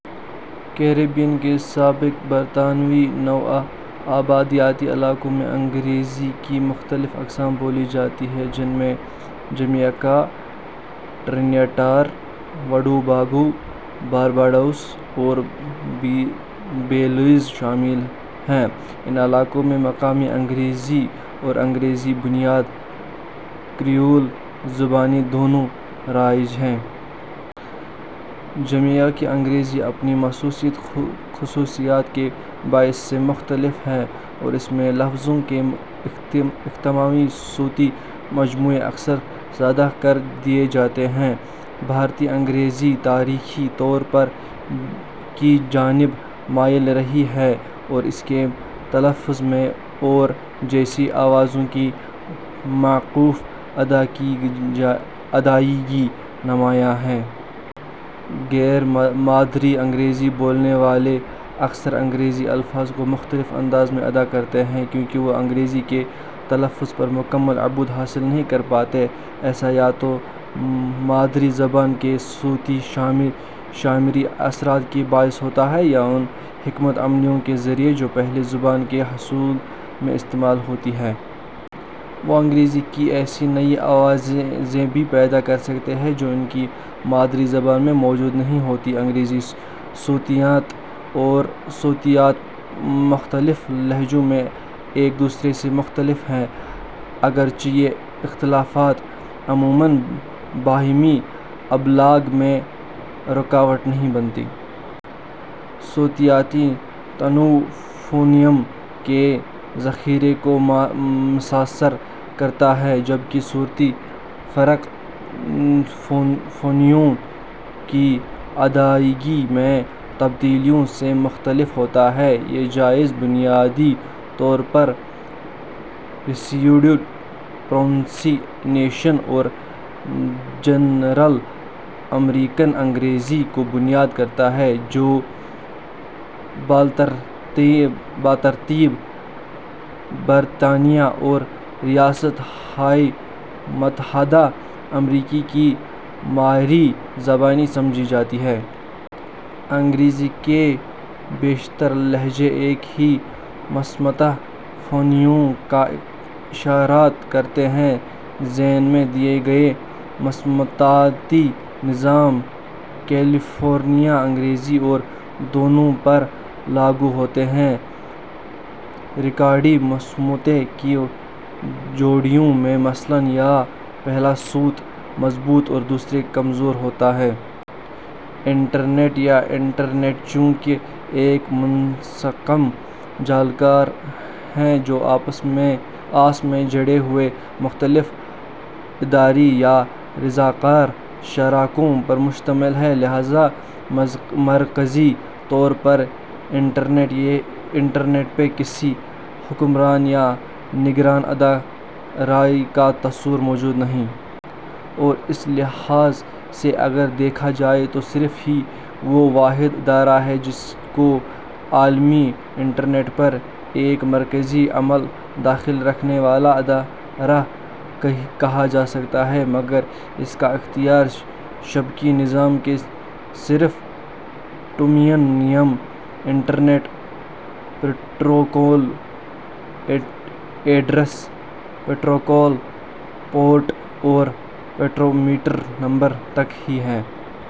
Caribbean کے سابق برطانوی نوآبادیاتی علاقوں میں انگریزی کی مختلف اقسام بولی جاتی ہیں، جن میں جمیکا ، ٹرینیڈاڈ وٹوباگو ، بارباڈوس اور بیلیز شامل ہیں۔ ان علاقوں میں مقامی انگریزی اور انگریزی بنیاد کریول زبانیں دونوں رائج ہیں۔ جمیکائی انگریزی اپنی مصوتی خصوصیات کے باعث سے مختلف ہے اور اس میں لفظوں کے اختتامی صوتی مجموعے اکثر سادہ کر دیے جاتے ہیں۔ بھارتی انگریزی تاریخی طور پر کی جانب مائل رہی ہے اور اس کے تلفظ میں اور جیسی آوازوں کی معکوف ادائیگی نمایاں ہے۔ غیر مادری انگریزی بولنے والے اکثر انگریزی الفاظ کو مختلف انداز میں ادا کرتے ہیں کیونکہ وہ انگریزی کے تلفظ پر مکمل عبور حاصل نہیں کر پاتے۔ ایسا یا تو مادری زبان کے صوتیہ شماری اثرات کے باعث ہوتا ہے یا اُن حکمتِ عملیوں کے ذریعے جو پہلی زبان کے حصول میں استعمال ہوتی ہیں۔ وہ انگریزی کی ایسی نئی آوازیں بھی پیدا کر سکتے ہیں جو ان کی مادری زبان میں موجود نہیں ہوتیں۔ انگریزی صوتیات اور صوتیات مختلف لہجوں میں ایک دوسرے سے مختلف ہیں، اگرچہ یہ اختلافات عموماً باہمی ابلاغ میں رکاوٹ نہیں بنتے۔ صوتیاتی تنوع فونیم کے ذخیرے کو متاثر کرتا ہے، جبکہ صوتی فرق فونیموں کی ادائیگی میں تبدیلیوں سے متعلق ہوتا ہے۔ یہ جائزہ بنیادی طور پر ریسیوڈ پروننسی ایشن اور جنرل امریکن انگریزی کو بیان کرتا ہے، جو بالترتیب برطانیہ اور ریاست ہائے متحدہ امریکہ کی معیاری زبانیں سمجھی جاتی ہیں۔ انگریزی کے بیشتر لہجے ایک ہی مصمتہ فونیموں کا اشتراک رکھتے ہیں۔ ذیل میں دیا گیا مصمتاتی نظام کیلیفورنیا انگریزی اور دونوں پر لاگو ہوتا ہے۔ رکاوٹی مصمتے کی جوڑیوں میں، مثلاً // یا //، پہلا صوت مضبوط اور دوسرا کمزور ہوتا ہے۔ انٹرنیٹ یا انٹرنیٹ چوں کہ ایک منقسم جالکار ہے جو آپس میں جڑے ہوئے مختلف ارادی یا رضاکار شراکوں پر مشتمل ہے، لہذا مرکزی طور پر انٹرنیٹ پہ کسی حکمران یا نگراں ادارے کا تصور موجود نہیں۔ اور اس لحاظ سے اگر دیکھا جائے تو صرف ہی وہ واحد ادارہ ہے جس کو عالمی انٹرنیٹ پر ایک مرکزی عمل دخل رکھنے والا ادارہ کہا جا سکتا ہے، مگر اس کا اختیار شبکی نظام کے صرف domain name, internet protocol address, protocol port اور پیرامیٹر نمبرز تک ہی ہے۔